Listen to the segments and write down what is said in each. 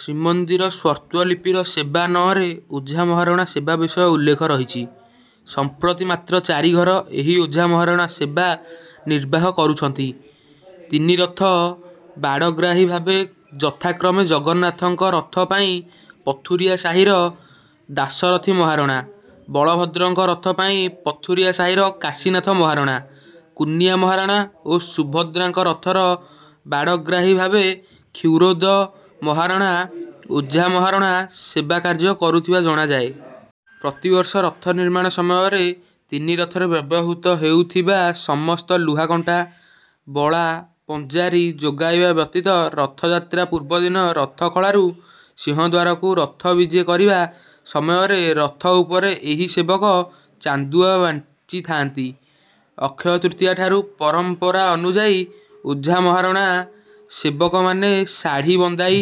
ଶ୍ରୀମନ୍ଦିର ସ୍ୱତ୍ତ୍ୱଲିପିର ସେବା ନଂ ରେ ଓଝା ମହାରଣା ସେବା ବିଷୟ ଉଲେଖ ରହିଛି। ସମ୍ପ୍ରତି ମାତ୍ର ଚାରି ଘର ଏହି ଓଝା ମହାରଣା ସେବା ନିର୍ବାହ କରୁଛନ୍ତି। ତିନି ରଥ ବାଡ଼ଗ୍ରାହୀ ଭାବେ ଯଥାକ୍ରମେ ଜଗନ୍ନାଥଙ୍କ ରଥ ପାଇଁ ପଥୁରିଆ ସାହିର ଦାଶରଥି ମହାରଣା, ବଳଭଦ୍ରଙ୍କ ରଥ ପାଇଁ ପଥୁରିଆ ସହିର କାଶିନାଥ ମହାରଣା, କୁନିଆ ମହାରଣା ଓ ସୁଭଦ୍ରାଙ୍କ ରଥର ବାଡ଼ଗ୍ରାହୀ ଭାବେ କ୍ଷୀରୋଦ ମହରଣା ଓଝା ମହାରଣା ସେବା କାର୍ଯ୍ୟ କରୁଥିବା ଜଣାଯାଏ। ପ୍ରତି ବର୍ଷ ରଥ ନିର୍ମାଣ ସମୟରେ ତିନି ରଥରେ ବ୍ୟବହୃତ ହେଉଥିବା ସମସ୍ତ ଲୁହାକଣ୍ଟା, ବଳା, ପନ୍ଦାରି ଯୋଗାଇବା ବ୍ୟତୀତ ରଥଯାତ୍ରା ପୂର୍ବ ଦିନ ରଥ ଖଳାରୁ ସିଂହଦ୍ୱାରକୁ ରଥ ବିଜେ କରିବା ସମୟରେ ରଥ ଉପରେ ଏହି ସେବକ ଚାନ୍ଦୁଆ ବାନ୍ଧିଥାନ୍ତି। ଅକ୍ଷୟ ତୃତୀୟାଠାରୁ ପରମ୍ପରା ଅନୁଯାୟୀ ଓଝା ମହାରଣା ସେବକମାନେ ଶାଢ଼ୀ଼ ବନ୍ଧାଇ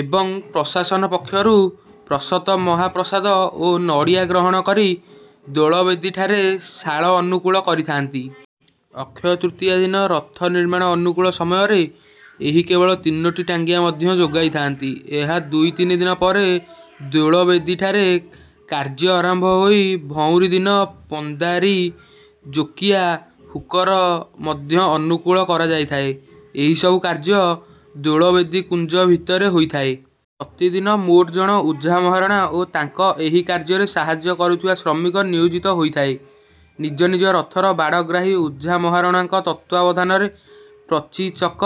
ଏବଂ ପ୍ରଶାସନ ପକ୍ଷରୁ ପ୍ରଦତ୍ତ ମହାପ୍ରସାଦ ଓ ନଡ଼ିଆ ଗ୍ରହଣ କରି ଦୋଳବେଦୀଠାରେ ଶାଳ ଅନୁକୂଳ କରିଥାନ୍ତି। ଅକ୍ଷୟ ତୃତୀୟା ଦିନ ରଥ ନିର୍ମାଣର ଅନୁକୂଳ ସମୟରେ ଏହି ସେବକ ତିନୋଟି ଟାଙ୍ଗିଆ ମଧ୍ୟ ଯୋଗାଇଥାନ୍ତି। ଏହାର ଦୁଇ ତିନିଦିନ ପରେ ଦୋଳବେଦୀଠାରେ କାର୍ଯ୍ୟ ଆରମ୍ଭ ହୋଇ ଭଉଁରୀ ଦିନ ପନ୍ଦାରି, ଜୋକିଆ, ହୁକର ମଧ୍ୟ ଅନୁକୂଳ କରାଯାଇଥାଏ। ଏହି ସବୁ କାର୍ଯ୍ୟ ଦୋଳବେଦୀ କୁଞ୍ଜ ଭିତରେ ହୋଇଥାଏ। ପ୍ରତି ଦିନ ମୋଟ ଜଣ ଓଝା ମହାରଣା ଓ ତାଙ୍କୁ ଏହି କାର୍ଯ୍ୟରେ ସାହାଯ୍ୟ କରୁଥିବା ଶ୍ରମିକ ନିୟୋଜିତ ହୋଇଥାଏ। ନିଜ ନିଜ ରଥର ବାଡ଼ଗ୍ରାହୀ ଓଝା ମହାରଣାମାନଙ୍କ ତତ୍ତ୍ୱାବଧାନରେ ପ୍ରତି ଚକ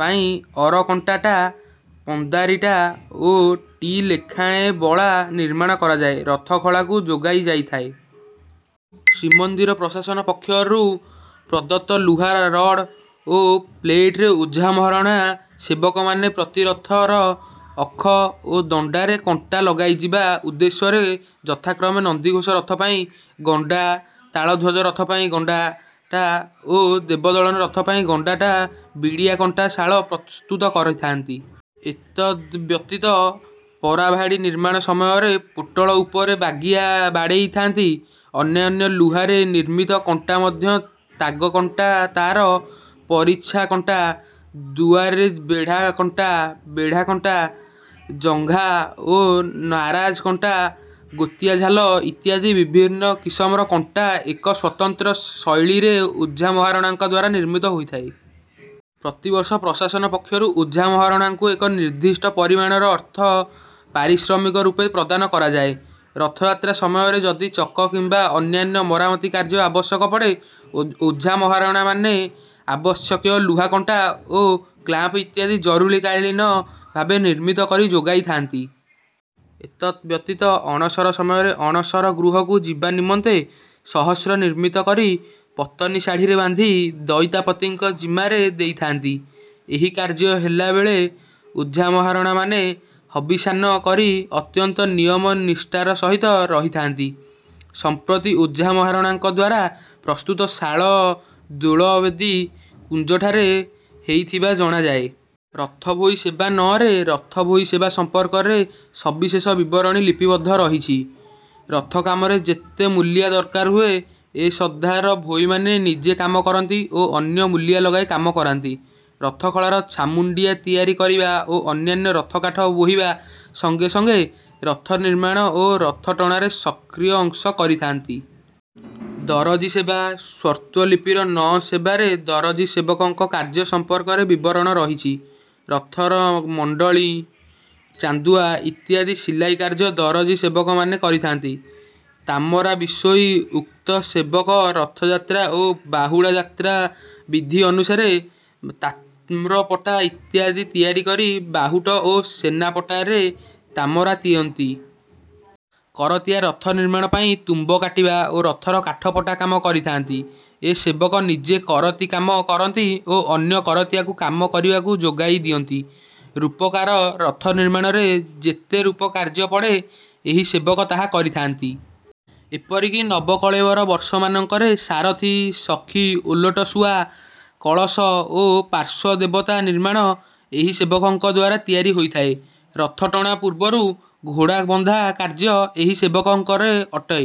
ପାଇଁ ଅରକଣ୍ଟା ଟା, ପନ୍ଦାରି ଟା ଓ ଟି ଲେଖାଏଁ ବଳା ନିର୍ମାଣ କରାଯାଇ ରଥଖଳାକୁ ଯୋଗାଯାଇଥାଏ। ଶ୍ରୀମନ୍ଦିର ପ୍ରଶାସନ ପକ୍ଷରୁ ପ୍ରଦତ୍ତ ଲୁହା ରଡ଼୍ ଓ ପ୍ଲେଟରେ ଓଝା ମହାରଣା ସେବକମାନେ ପ୍ରତିରଥର ଅଖ ଓ ଦଣ୍ଡାରେ କଣ୍ଡା ଲଗାଯିବା ଉଦ୍ଦେଶ୍ୟରେ ଯଥାକ୍ରମେ ନନ୍ଦିଘୋଷ ରଥ ପାଇଁ ଗଣ୍ଡା, ତାଳଧ୍ୱଜ ରଥ ପାଇଁ ଗଣ୍ଡା ଟା ଓ ଦେବଦଳ୍ନ ରଥ ପାଇଁ ଗଣ୍ଡା ଟା ବିଡିଆ କଣ୍ଟା ଶାଳ ପ୍ରସ୍ତୁତ କରିଥାନ୍ତି। ଏତଦବ୍ୟତୀତ ପାରାଭାଡ଼ି ନିର୍ମାଣ ସମୟରେ ପୋଟଳ ଉପରେ ବାଗିଆ ବାଡେଇଥାନ୍ତି। ଅନ୍ୟାନ୍ୟ ଲୁହାରେ ନିର୍ମିତ କଣ୍ଟା ମଧ୍ୟରେ ତାଗକଣ୍ଟା, ତାର ପରିଚ୍ଛା କଣ୍ଟା, ଦୁଆର ବେଢା଼ କଣ୍ଟା, ବେଢା଼ କଣ୍ଟା, ଜଙ୍ଘା ଓ ନାରାଜ କଣ୍ଟା, ଗୋଡି଼ଛାଲ ଇତ୍ୟାଦି ବିଭିନ୍ନ କିସମର କଣ୍ଟା ଏକ ସ୍ୱତନ୍ତ୍ର ଶୈଳୀରେ ଓଝା ମହାରଣାଙ୍କଦ୍ୱାରା ନିର୍ମିତ ହୋଇଥାଏ। ପ୍ରତି ବର୍ଷ ପ୍ରଶାସନ ପକ୍ଷରୁ ଓଝା ମହାରଣାଙ୍କୁ ଏକ ନିର୍ଦ୍ଦିଷ୍ଟ ପରିମାଣର ଅର୍ଥ ପାରିଶ୍ରମିକ ରୂପେ ପ୍ରଦାନ କରାଯାଇଥାଏ। ରଥଯାତ୍ରା ସମୟରେ ଯଦି ଚକ କିମ୍ବା ଅନ୍ୟାନ୍ୟ ମରାମତି କାର୍ଯ୍ୟ ଆବଶ୍ୟକ ପଡେ, ଓଝା ମହାରଣା ମନେ ଆବଶ୍ୟକୀୟ ଲୁହା କଣ୍ଟା ଓ କ୍ଲାମ୍ପ ଇତ୍ୟାଦି ଜରୁରୀକାଳୀନ ଭାବେ ନିର୍ମିତ କରି ଯୋଗାଇଥାନ୍ତି। ଏତଦବ୍ୟତୀତ ଅଣସର ସମୟରେ ଅଣସର ଗୃହକୁ ଯିବା ନିମନ୍ତେ ସହସ୍ର ନିର୍ମିତ କରି ପତନି ଶାଢ଼ୀ଼ରେ ବାନ୍ଧି ଦଇତାପତିଙ୍କ ଜିମାରେ ଦେଇଥାନ୍ତି। ଏହି କାର୍ଯ୍ୟ ହେଲା ବେଳେ ଓଝା ମହରଣାମାନେ ହବିଷାନ୍ନ କରି ଅତ୍ୟନ୍ତ ନିୟମ ନିଷ୍ଠାର ସହିତ ରହିଥାନ୍ତି। ସମ୍ପ୍ରତି ଓଝା ମହାରଣାଙ୍କଦ୍ୱାରା ପ୍ରସ୍ତୁତ ଶାଳ ଦୋଳବେଦୀ କୁଞ୍ଜଠାରେ ହେଇଥିବା ଜଣାଯାଏ। ରଥ ଭୋଇ:ସେବା ନଂ ରେ ରଥ ଭୋଇ ସେବା ସମ୍ପର୍କରେ ସବିଶେଷ ବିବରଣୀ ଲିପିବଦ୍ଧ ରହିଛି। ରଥ କାମରେ ଯେତେ ମୁଲିଆ ଦରକାର ହୁଏ ଏ ସର୍ଦ୍ଦାର ଭୋଇମାନେ ନିଜେ କାମ କରନ୍ତି ଓ ଅନ୍ୟ ମୁଲିଆ ଲଗାଇ କାମ କରାନ୍ତି। ରଥଖଳାର ଛାମୁଣ୍ଡିଆ ତିଆରି କରିବା ଓ ଅନ୍ୟାନ୍ୟ ରଥ କାଠ ବୋହିବା ସଙ୍ଗେ ସଙ୍ଗେ ରଥ ନିର୍ମାଣ ଓ ରଥଟଣାରେ ସକ୍ରିୟ ଅଂଶ କରିଥାନ୍ତି। ଦରଜୀ ସେବା: ସ୍ୱତ୍ତ୍ୱଲିପିର ନଂ ସେବାରେ ଦରଜୀ ସେବକଙ୍କ କାର୍ଯ୍ୟ ସମ୍ପର୍କରେ ବିବରଣ ରହିଛି। ରଥର ମଣ୍ଡଣି, ଚାନ୍ଦୁଆ ଇତ୍ର୍ୟାଦି ସିଲାଇ କାର୍ଯ୍ୟ ଦରଜୀ ସେବକମାନେ କରିଥାନ୍ତି। ତାମରା ବିଶୋଇ: ଉକ୍ତ ସେବକ ରଥଯାତ୍ରା ଓ ବାହୁଡ଼ା ଯାତ୍ରା ବିଧି ଅନୁସାରେ ତାମ୍ରପଟା ଇତ୍ୟାଦି ତିଆରି କରି ବାହୁଟ ଓ ସେନାପଟାରେ ତାମରା ଦିଅନ୍ତି। କରତିଆ: ରଥ ନିର୍ମାଣ ପାଇଁ ତୁମ୍ବ କାଟିବା ଓ ରଥର କାଠ ପଟା କାମ କରିଥାନ୍ତି। ଏ ସେବକ ନିଜେ କରତି କାମ କରନ୍ତି ଓ ଅନ୍ୟ କରତିଆକୁ କାମ କରିବାକୁ ଯୋଗାଇ ଦିଅନ୍ତି। ରୂପକାର: ରଥ ନିର୍ମାଣରେ ଯେତେ ରୂପ କାର୍ଯ୍ୟ ପଡେ, ଏହି ସେବକ ତାହା କରିଥାନ୍ତି। ଏପରିକି ନବକଳେବର ବର୍ଷମାନଙ୍କରେ ସାରଥୀ, ସଖୀ, ଓଲଟ ଶୁଆ, କଳସ ଓ ପାର୍ଶ୍ୱ ଦେବତା ନିର୍ମାଣ ଏହି ସେବକଙ୍କଦ୍ୱାରା ତିଆରି ହୋଇଥାଏ। ରଥଟଣା ପୂର୍ବରୁ ଘୋଡ଼ା ବନ୍ଧା କାର୍ଯ୍ୟ ଏହି ସେବକଙ୍କର ଅଟେ।